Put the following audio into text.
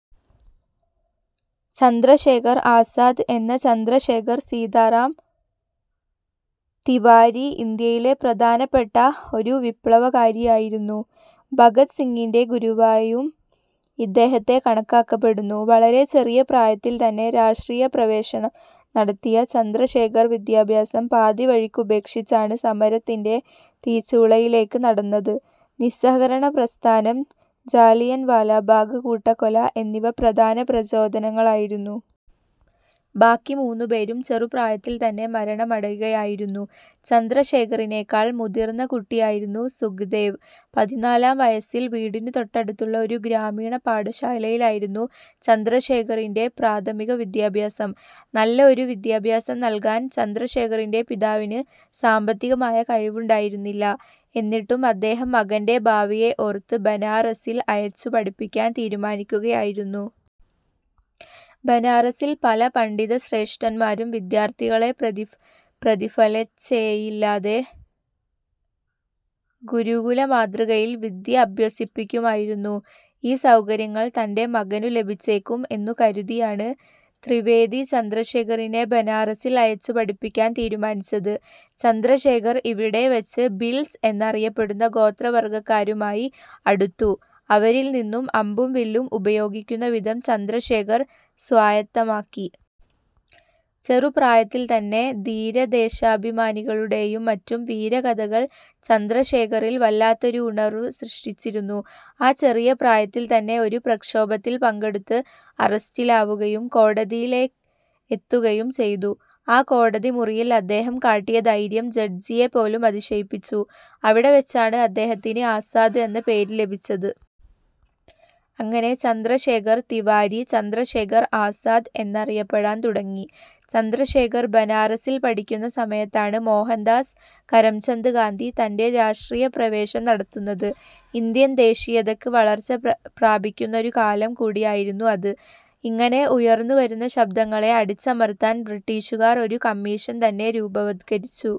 ചന്ദ്രശേഖർ ആസാദ് എന്ന ചന്ദ്രശേഖർ സീതാറാം തിവാരി, ഇന്ത്യയിലെ പ്രധാനപ്പെട്ട ഒരു വിപ്ലവകാരിയായിരുന്നു. ഭഗത് സിംഗിന്റെ ഗുരുവായും ഇദ്ദേഹത്തെ കണക്കാക്കപ്പെടുന്നു. വളരെ ചെറിയപ്രായത്തിൽ തന്നെ രാഷ്ട്രീയ പ്രവേശനം നടത്തിയ ചന്ദ്രശേഖർ വിദ്യാഭ്യാസം പാതിവഴിക്കുപേക്ഷിച്ചാണ് സമരത്തിന്റെ തീച്ചൂളയിലേക്ക് നടന്നത്. നിസ്സഹകരണപ്രസ്ഥാനം, ജാലിയൻവാലാബാഗ് കൂട്ടക്കൊല എന്നിവ പ്രധാന പ്രചോദനങ്ങളായിരുന്നു. ബാക്കി മൂന്നുപേരും ചെറുപ്രായത്തിൽ തന്നെ മരണമടയുകയായിരുന്നു. ചന്ദ്രശേഖറിനേക്കാൾ മുതിർന്ന കുട്ടിയായിരുന്നു സുഖ്ദേവ്. പതിനാലാം വയസ്സിൽ വീടിനു തൊട്ടടുത്തുള്ള ഒരു ഗ്രാമീണപാഠശാലയിലായിരുന്നു ചന്ദ്രശേഖറിന്റെ പ്രാഥമിക വിദ്യാഭ്യാസം. നല്ല ഒരു വിദ്യാഭ്യാസം നൽകാൻ ചന്ദ്രശേഖറിന്റെ പിതാവിന് സാമ്പത്തികമായ കഴിവുണ്ടായിരുന്നില്ല. എന്നിട്ടും അദ്ദേഹം മകന്റെ ഭാവിയെ ഓർത്ത് ബനാറസിൽ അയച്ചു പഠിപ്പിക്കാൻ തീരുമാനിക്കുകയായിരുന്നു. ബനാറസിൽ പല പണ്ഡിതശ്രേഷ്ഠന്മാരും വിദ്യാർത്ഥികളെ പ്രതിഫലേച്ഛയില്ലാതെ ഗുരുകുല മാതൃകയിൽ വിദ്യ അഭ്യസിപ്പിക്കുമായിരുന്നു. ഈ സൗകര്യങ്ങൾ തന്റെ മകനു ലഭിച്ചേക്കും എന്നു കരുതിയാണ് ത്രിവേദി ചന്ദ്രശേഖറിനെ ബനാറസിൽ അയച്ചു പഠിപ്പിക്കാൻ തീരുമാനിച്ചത്. ചന്ദ്രശേഖർ ഇവിടെ വച്ച് ഭിൽസ് എന്നറിയപ്പെടുന്ന ഗോത്രവർഗ്ഗക്കാരുമായി അടുത്തു, അവരിൽ നിന്നും അമ്പും വില്ലും ഉപയോഗിക്കുന്ന വിധം ചന്ദ്രശേഖർ സ്വായത്തമാക്കി. ചെറുപ്രായത്തിൽ തന്നെ ധീരദേശാഭിമാനികളുടേയും മറ്റും വീരകഥകൾ ചന്ദ്രശേഖറിൽ വല്ലാത്തൊരു ഉണർവ് സൃഷ്ടിച്ചിരുന്നു. ആ ചെറിയ പ്രായത്തിൽ തന്നെ ഒരു പ്രക്ഷോഭത്തിൽ പങ്കെടുത്ത് അറസ്റ്റിലാവുകയും കോടതിയിലെത്തുകയും ചെയ്തു. ആ കോടതിമുറിയിൽ അദ്ദേഹം കാട്ടിയ ധൈര്യം ജഡ്ജിയെപ്പോലും അതിശയിപ്പിച്ചു. അവിടെ വച്ചാണ് അദ്ദേഹത്തിന് 'ആസാദ്' എന്ന പേര് ലഭിച്ചത്. അങ്ങനെ ചന്ദ്രശേഖർ തിവാരി, ചന്ദ്രശേഖർ ആസാദ് എന്നറിയപ്പെടാൻ തുടങ്ങി. ചന്ദ്രശേഖർ ബനാറസിൽ പഠിക്കുന്ന സമയത്താണ് മോഹൻദാസ് കരംചന്ദ് ഗാന്ധി തന്റെ രാഷ്ട്രീയപ്രവേശം നടത്തുന്നത്. ഇന്ത്യൻ ദേശീയതക്ക് വളർച്ച പ്രാപിക്കുന്നൊരു കാലം കൂടിയായിരുന്നു അത്. ഇങ്ങനെ ഉയർന്നു വരുന്ന ശബ്ദങ്ങളെ അടിച്ചമർത്താൻ ബ്രിട്ടീഷുകാർ ഒരു കമ്മീഷൻ തന്നെ രൂപവത്കരിച്ചു.